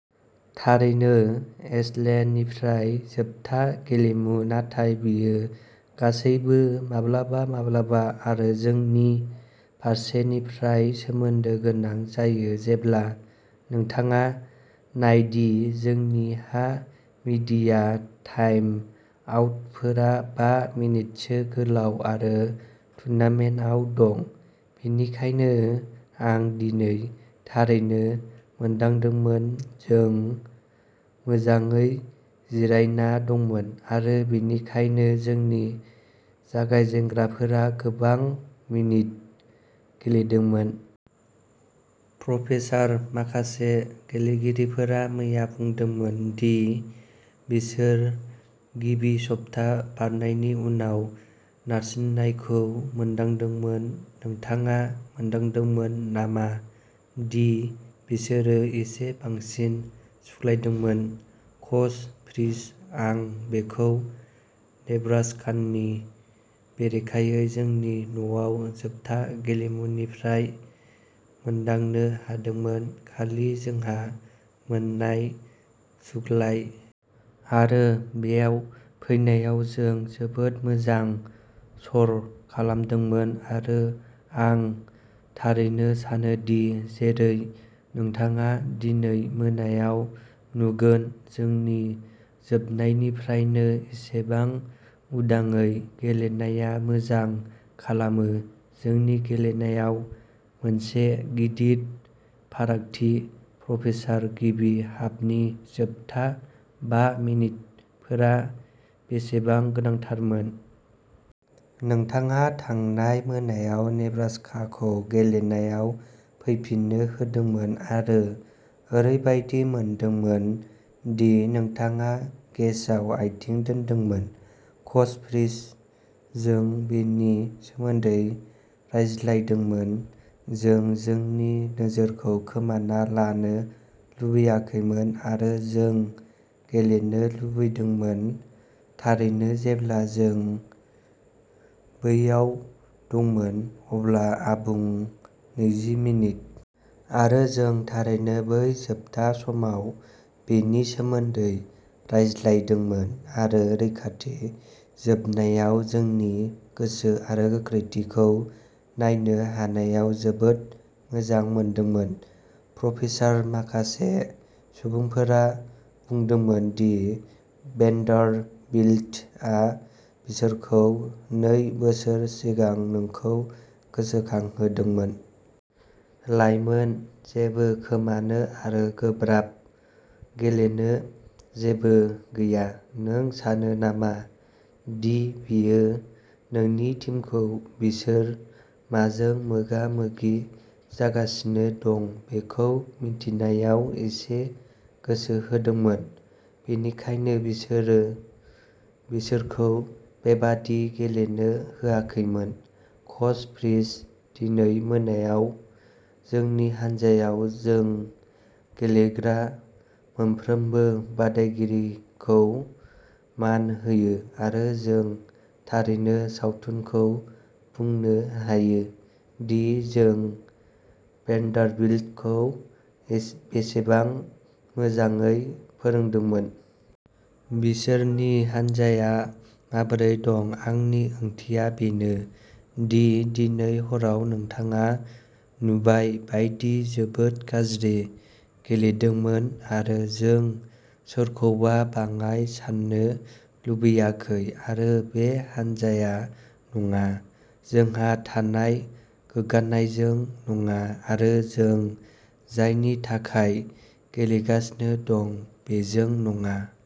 थारैनो एशलेनिफ्राय जोबथा गेलेमु, नाथाय बेयो गासैबो माब्लाबा-माब्लाबा आरो जोंनि फारसेनिफ्राय सोमोन्दो गोनां जायो जेब्ला नोंथाङा नायदि जोंनिहा मीडिया टाइम आउटफोरा बा मिनिटसो गोलाव आरो टुर्नामेन्टआव दं, बेनिखायनो आं दिनै थारैनो मोनदांदोंमोन, जों मोजाङै जिरायना दंमोन, आरो बेनिखायनो जोंनि जागायजेनग्राफोरा गोबां मिनिट गेलेदोंमोन। प्रपेसार माखासे गेलेगिरिफोरा मैया बुंदोंमोन दि बिसोर गिबि सप्ता बारनायनि उनाव नारसिननायखौ मोनदांदोंमोन। नोंथाङा मोनदांदोंमोन नामा दि बिसोरो एसे बांसिन सुग्लायदोंमोन? कच फ्रीज आं बेखौ नेब्रास्कानि बेरेखायै जोंनि न'आव जोबथा गेलेमुनिफ्राय मोनदांनो हादोंमोन, खालि जोंहा मोननाय सुग्लाय। आरो बेयाव फैनायाव जों जोबोद मोजां सर'खालामदोंमोन आरो आं थारैनो सानोदि जेरै नोंथाङा दिनै मोनायाव नुगोन, जोंनि जोबनायनिफ्रायनो, एसेबां उदाङै गेलेनाया मोजां खालामो। जोंनि गेलेनायाव मोनसे गिदिर फारागथि। प्रपेसार गिबि हाफनि जोबथा बा मिनिटफोरा बेसेबां गोनांथारमोन। नोंथाङा थांनाय मोनायाव नेब्रास्काखौ गेलेनायाव फैफिननो होदोंमोन आरो ओरैबायदि मोनदोंमोन दि नोंथाङा गेसआव आथिं दोन्दोंमोन। कच फ्रीज जों बेनि सोमोन्दै रायज्लायदोंमोन। जों जोंनि नोजोरखौ खोमाना लानो लुबैयाखैमोन आरो जों गेलेनो लुबैदोंमोन, थारैनो, जेब्ला जों बैयाव दंमोन, अब्ला आबुं नैजि मिनिट। आरो जों थारैनो बै जोबथा समाव बेनि सोमोन्दै रायज्लायदोंमोन आरो रैखाथि जोबनायाव जोंनि गोसो आरो गोख्रोंथिखौ नायनो हानायाव जोबोद मोजां मोनदोंमोन। प्रपेसार माखासे सुबुंफोरा बुंदोंमोन दि भेन्डारबिल्टआ बिसोरखौ नै बोसोर सिगां नोंखौ गोसोखांहोदोंमोन। लाइमोन, जेबो खोमानो आरो गोब्राब गेलेनो जेबो गैया। नों सानो नामा दि बेयो नोंनि टीमखौ बिसोर माजों मोगा-मोगि जागासिनो दं बेखौ मिथिनायाव एसे गोसो होदोंमोन, बेनिखायनो बिसोरो बिसोरखौ बेबादि गेलेनो होआखैमोन। कच फ्रीज दिनै मोनायाव जोंनि हान्जाया जों गेलेग्रा मोनफ्रोमबो बादायगिरिखौ मान होयो आरो जों थारैनो सावथुनखौ बुंनो हायो दि जों भेन्डारबिल्टखौ बेसेबां मोजाङै फोरोंदोंमोन। बिसोरनि हान्जाया माबोरै दं, आंनि ओंथिया बेनो दि दिनै हराव नोंथाङा नुबाय बायदि जोबोद गाज्रि गेलेदोंमोन आरो जों सोरखौबा बाङाइ सान्नो लुबैयाखै आरो बे हान्जाया नङा। जोंहा थानाय गोग्गानायजों नङा आरो जों जायनि थाखाय गेलेगासिनो दं बेजों नङा।